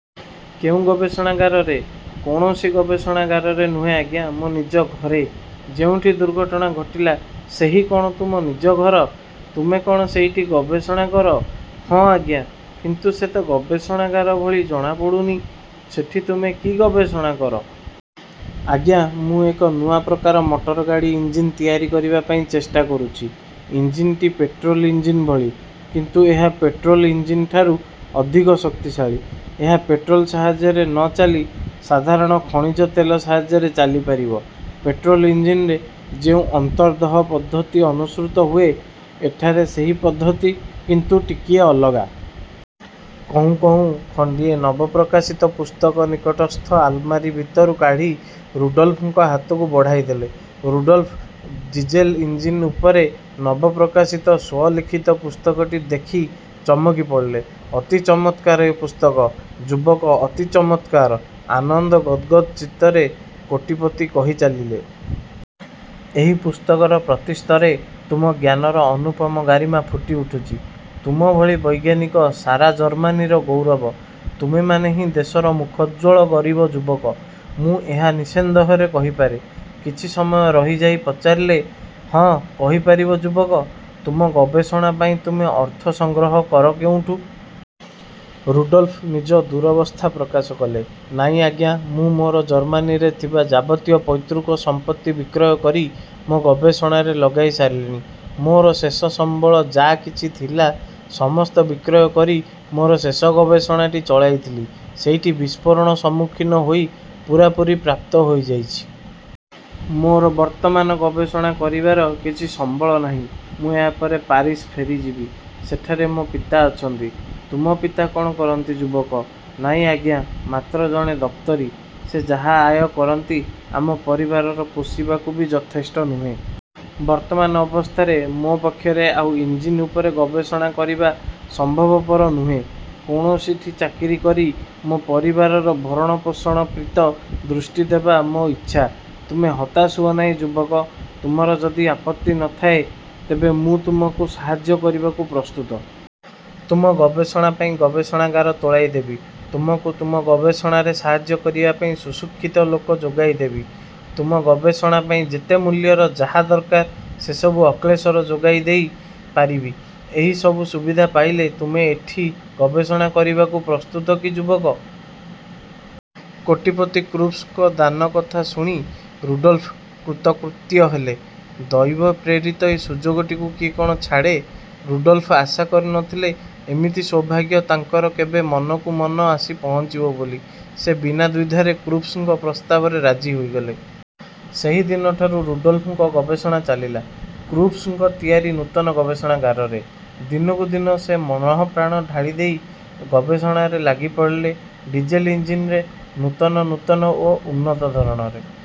କେଉଁ ଗବେଷଣାଗାରରେ? କୌଣସି ଗବେଷଣାଗାରରେ ନୁହେଁ ଆଜ୍ଞା, ମୋ ନିଜ ଘରେ। ଯେଉଁଠି ଦୁର୍ଘଟନା ଘଟିଲା, ସେହି କ'ଣ ତୁମ ନିଜ ଘର? ତୁମେ କ'ଣ ସେଇଠି ଗବେଷଣ। କର? ହଁ ଆଜ୍ଞା କିନ୍ତୁ ସେ ତ ଗବେଷଣାଗର ଭଳି ଜଣା ପଡ଼ୁନି? ସେଠି ତୁମେ କି ଗବେଷଣା କର? ଆଜ୍ଞା, ମୁଁ ଏକ ନୂଆ ପ୍ରକାର ମଟରଗାଡ଼ି ଇଞ୍ଜିନ୍ ତିଆରି କରିବା ପାଇଁ ଚେଷ୍ଟା କରୁଛି। ଇଞ୍ଜିନଟି ପେଟ୍ରୋଲ ଇଞ୍ଜିନ୍ ଭଳି। କିନ୍ତୁ ଏହା ପେଟ୍ରୋଲ ଇଞ୍ଜିନ୍ଠାରୁ ଅଧିକ ଶକ୍ତିଶଳୀ। ଏହା ପେଟ୍ରୋଲ ସାହାଯ୍ୟରେ ନ ଚାଲି ସାଧାରଣ ଖଣିଜ ତେଲ ସାହାଯ୍ୟରେ ଚାଲିପାରିବ। ପେଟ୍ରୋଲ ଇଞ୍ଜିନ୍ରେ ଯେଉଁ ଅନ୍ତର୍ଦହ ପଦ୍ଧତି ଅନୁସୃତ ହୁଏ ଏଠାରେ ସେହି ପଦ୍ଧତି କିନ୍ତୁ ଟିକିଏ ଅଲଗା। କହୁଁ କହୁଁ ଖଣ୍ଡିଏ ନବ ପ୍ରକାଶିତ ପୁସ୍ତକ ନିକଟସ୍ଥ ଆଲମାରୀ ଭିତରୁ କାଢ଼ି ରୁଡ଼ଲ୍ଫଙ୍କ ହାତକୁ ବଢ଼ାଇଦେଲେ। ରୁଡ଼ଲଫ ଡିଜେଲ ଇଞ୍ଜିନ୍ ଉପରେ ନବ ପ୍ରକାଶିତ ସ୍ୱଲିଖିତ ପୁସ୍ତକଟି ଦେଖି ଚମକି ପଡ଼ିଲେ। ଅତି ଚମତ୍କାର ଏ ପୁସ୍ତକ ଯୁବକ ଅତି ଚମତ୍କାର ଆନନ୍ଦ ଗଦ୍ଗଦ୍ ଚିତ୍ତରେ କୋଟିପତି କହି ଚାଲିଲେ। ଏହି ପୁସ୍ତକର ପ୍ରତି ସ୍ତରେ ତୁମ ଜ୍ଞାନର ଅନୁପମ ଗରିମା ଫୁଟି ଉଠୁଛି । ତୁମଭଳି ବୈଜ୍ଞାନିକ ସାରା ଜର୍ମାନୀର ଗୌରବ, ତୁମେମାନେହିଁ ଦେଶର ମୁଖୋଜ୍ଜ୍ୱଳ ଗରିବ ଯୁବକ, ମୁଁ ଏହା ନିଃସନ୍ଦେହରେ କହିପାରେ। କିଛି ସମୟ ରହି ଯାଇ ପଚାରିଲେ। ହଁ, କହିପାରିବ ଯୁବକ, ତୁମ ଗବେଷଣା ପାଇଁ ତୁମେ ଅର୍ଥ ସଂଗ୍ରହ କର କେଉଁଠୁ? ରୁଡ଼ଲ୍ଫ ନିଜ ଦୂରବସ୍ଥା ପ୍ରକାଶ କଲେ, ନାଇଁ ଆଜ୍ଞା, ମୁଁ ମୋର ଜର୍ମ୍ମାନୀରେ ଥିବା ଯାବତୀୟ ପୈତୃକ ସମ୍ପତ୍ତି ବିକ୍ରୟକରି ମୋ ଗବେଷଣାରେ ଲଗାଇ ସାରିଲିଣି। ମୋର ଶେଷ ସମ୍ବଳ ଯା କିଛି ଥିଲା, ସମସ୍ତ ବିକ୍ରୟ କରି ମୋର ଶେଷ ଗବେଷଣାଟି ଚଳାଇଥିଲି। ସେଇଟି ବିସ୍ଫୋରଣ ସମ୍ମୁଖୀନ ହୋଇ ପୂରାପୂରି ପ୍ରାପ୍ତ ହୋଇଯାଇଛି। ମୋର ବର୍ତ୍ତମାନ ଗବେଷଣା କରିବାର କିଛି ସମ୍ବଳ ନାହିଁ। ମୁଁ ଏହାପରେ ପାରିସ୍ ଫେରିଯିବି। ସେଠାରେ ମୋ ପିତା ଅଛନ୍ତି। ତୁମ ପିତା କ'ଣ କରନ୍ତି ଯୁବକ? ନାଇଁ ଆଜ୍ଞା, ମାତ୍ର ଜଣେ ଦପ୍ତରୀ ସେ ଯାହା ଆୟ କରନ୍ତି, ଆମ ପରିବାରର ପୋଷିବାକୁ ବି ଯଥେଷ୍ଟ ନୁହେଁ। ବର୍ତ୍ତମାନ ଅବସ୍ଥାରେ ମୋ ପକ୍ଷରେ ଆଉ ଇନ୍ଜିନ୍ ଉପରେ ଗବେଷଣା କରିବା ସମ୍ଭବପର ନୁହେଁ। କୌଣସିଠି ଚାକିରି କରି ମୋ ପରିବାରର ଭରଣପୋଷଣ ପ୍ରିତ ଦୃଷ୍ଟି ଦେବା ମୋ ଇଚ୍ଛା। ତୁମେ ହତାଶ ହୁଅ ନାହିଁ ଯୁବକ। ତୁମର ଯଦି ଆପତ୍ତି ନ ଥାଏ ତେବେ ମୁଁ ତୁମକୁ ସାହାଯ୍ୟ କରିବାକୁ ପ୍ରସ୍ତୁତ। ତୁମ ଗବେଷଣା ପାଇଁ ଗବେଷଣାଗାର ତୋଳାଇ ଦେବି ତୁମକୁ ତୁମ ଗବେଷଣାରେ ସାହାଯ୍ୟ କରିବା ପାଇଁ ସୁଶିକ୍ଷିତ ଲୋକ ଯୋଗାଇ ଦେବି। ତୁମ ଗବେଷଣା ପାଇଁ ଯେତେ ମୂଲ୍ୟର ଯାହା ଦରକାର ସେସବୁ ଅକ୍ଳେଶର ଯୋଗାଇ ଦେଇ ପାରିବି। ଏହି ସବୁ ସୁବିଧା ପାଇଲେ ତୁମେ ଏଠି ଗବେଷଣା କରିବାକୁ ପ୍ରସ୍ତୁତ କି ଯୁବକ? କୋଟିପତି କ୍ରୁପ୍ସଙ୍କ ଦାନକଥା ଶୁଣି ରୁଡ଼ଲ୍ଫ କୃତକୃତ୍ୟ ହେଲେ। ଦୈବପ୍ରେରିତ ଏ ସୁଯୋଗଟିକୁ କିଏ କ'ଣ ଛାଡ଼େ? ରୁଡ଼ଲ୍ଫ ଆଶା କରି ନଥିଲେ ଏମିତି ସୌଭାଗ୍ୟ ତାଙ୍କର କେବେ ମନକୁ ମନ ଆସି ପହଞ୍ଚିବ ବୋଲି। ସେ ବିନା ଦ୍ୱିଧାରେ କ୍ରୁପ୍ସଙ୍କ ପ୍ରସ୍ତାବରେ ରାଜି ହୋଇଗଲେ। ସେହିଦିନଠାରୁ ରୁଡ଼ଲ୍ଫଙ୍କ ଗବେଷଣା ଚାଲିଲା କ୍ରୁପ୍ସଙ୍କ ତିଆରି ନୂତନ ଗବେଷଣାଗାରରେ। ଦିନକୁଦିନ ସେ ମନଃପ୍ରାଣ ଢାଳି ଦେଇ ଗବେଷଣାରେ ଲାଗି ପଡ଼ିଲେ। ଡିଜେଲ ଇଞ୍ଜିନ୍ର ନୂତନ ନୂତନ ଓ ଉନ୍ନତ ଧରଣରେ